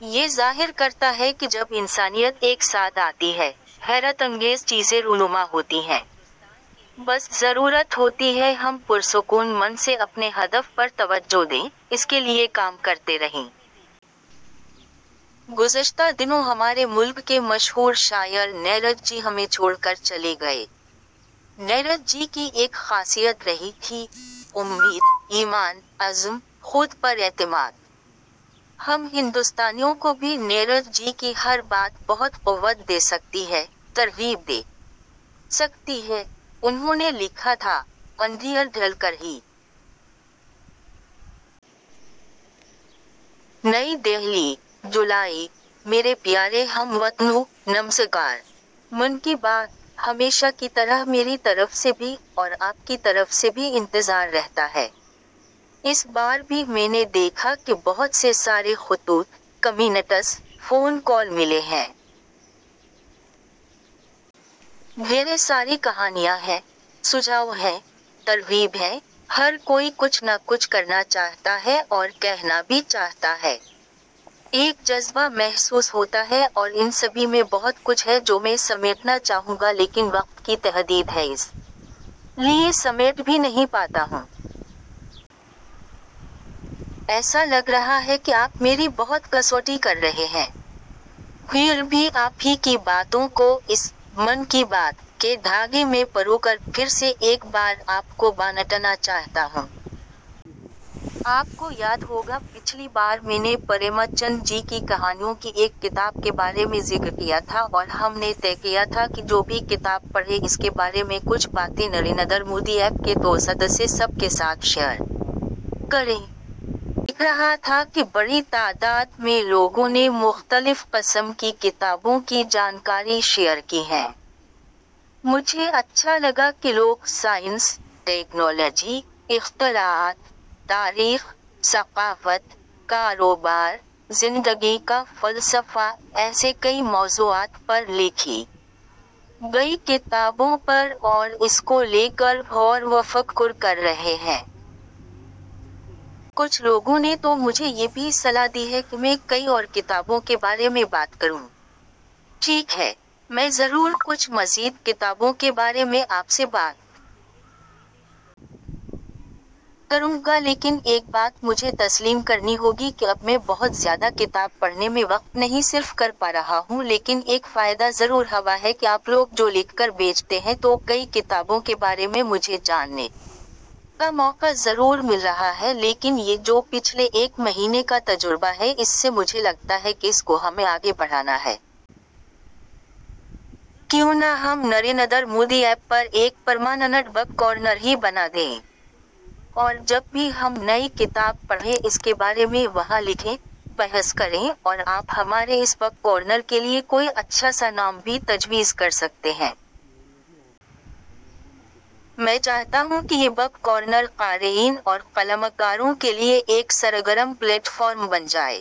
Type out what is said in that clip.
یہ ظاہر کرتا ہے کہ جب انسانیت ایک ساتھ آتی ہے، حیرت انگیز چیزیں رونما ہوتی ہیں۔ بس ضرورت ہوتی ہے ہم پرسکون من سے اپنے ہدف پر توجہ دیں، اس کے لیے کام کرتے رہیں۔ گزشتہ دنوں ہمارے ملک کے مشہور شاعر نیرج جی ہمیں چھوڑ کر چلے گئے۔ نیرج جی کی ایک خاصیت رہی تھی – امید، ایمان، عزم، خود پر اعتماد۔ ہم ہندوستانیوں کو بھی نیرج جی کی ہر بات بہت قوت دے سکتی ہے، ترغیب دے سکتی ہے – انہوں نے لکھا تھا – 'اندھیار ڈھل کر ہی. نئی دہلی، جولائی/ میرے پیارے ہم وطنو، نمسکار! 'من کی بات' ہمیشہ کی طرح میری طرف سے بھی اور آپ کی طرف سے بھی انتظار رہتا ہے۔ اس بار بھی میں نے دیکھا کہ بہت سے سارے خطوط، کمینٹس، فون کال ملے ہیں۔ ڈھیرے ساری کہانیاں ہیں، سجھاؤ ہیں، ترغیب ہیں، ہر کوئی کچھ نہ کچھ کرنا چاہتا ہے اور کہنا بھی چاہتا ہے۔ ایک جذبہ محسوس ہوتا ہے اور ان سبھی میں بہت کچھ ہے جو میں سمیٹنا چاہوں گا لیکن وقت کی تحدید ہے اس لیے سمیٹ بھی نہیں پاتا ہوں۔ ایسا لگ رہا ہے کہ آپ میری بہت کسوٹی کر رہے ہیں۔ پھر بھی آپ ہی کی باتوں کو اس 'من کی بات' کے دھاگے میں پروکر پھر سے ایک بار آپ کو بانٹنا چاہتا ہوں۔ آپ کو یاد ہوگا پچھلی بار میں نے پریم چند جی کی کہانیوں کی ایک کتاب کے بارے میں ذکر کیا تھا اور ہم نے طے کیا تھا کہ جو بھی کتاب پڑھے اس کے بارے میں کچھ باتیں نریندر مودی ایپ کے توسط سے سب کے ساتھ شیئر کریں۔ میں دیکھ رہا تھا کہ بڑی تعداد میں لوگوں نے مختلف قسم کی کتابوں کی جانکاری شیئر کی ہیں۔ مجھے اچھا لگا کہ لوگ سائنس، ٹیکنالوجی، اختراعات، تاریخ، ثقافت، کاروبار، زندگی کا فلسفہ ایسےکئی موضوعات پر لکھی گئی کتابوں پر اور اس کو لے کر غور وفکر کر رہے ہیں۔ کچھ لوگوں نے تو مجھے یہ بھی صلاح دی ہے کہ میں کئی اور کتابوں کے بارے میں بات کروں۔ ٹھیک ہے! میں ضرور کچھ مزید کتابوں کے بارے میں آپ سے بات کروں گا لیکن ایک بات مجھے تسلیم کرنی ہوگی کہ اب میں بہت زیادہ کتاب پڑھنے میں وقت نہیں صرف کر پا رہا ہوں لیکن ایک فائدہ ضرور ہوا ہے کہ آپ لوگ جو لکھ کر بھیجتے ہیں تو کئی کتابوں کے بارے میں مجھے جاننے کا موقع ضرور مل رہا ہے لیکن یہ جو پچھلے ایک مہینے کا تجربہ ہے اس سے مجھے لگتا ہے کہ اس کو ہمیں آگے بڑھانا ہے۔ کیوں نہ ہم نریندر مودی ایپ پر ایک پرماننٹ بک کارنر ہی بنا دیں۔ اور جب بھی ہم نئی کتاب پڑھیں اس کے بارے میں وہاں لکھیں، بحث کریں اور آپ ہمارے اس بک کارنر کے لیے کوئی اچھا سا نام بھی تجویز کرسکتے ہیں۔ میں چاہتا ہوں کہ یہ بک کارنر قارئین اور قلمکاروں کے لیے ایک سرگرم پلیٹ فارم بن جائے۔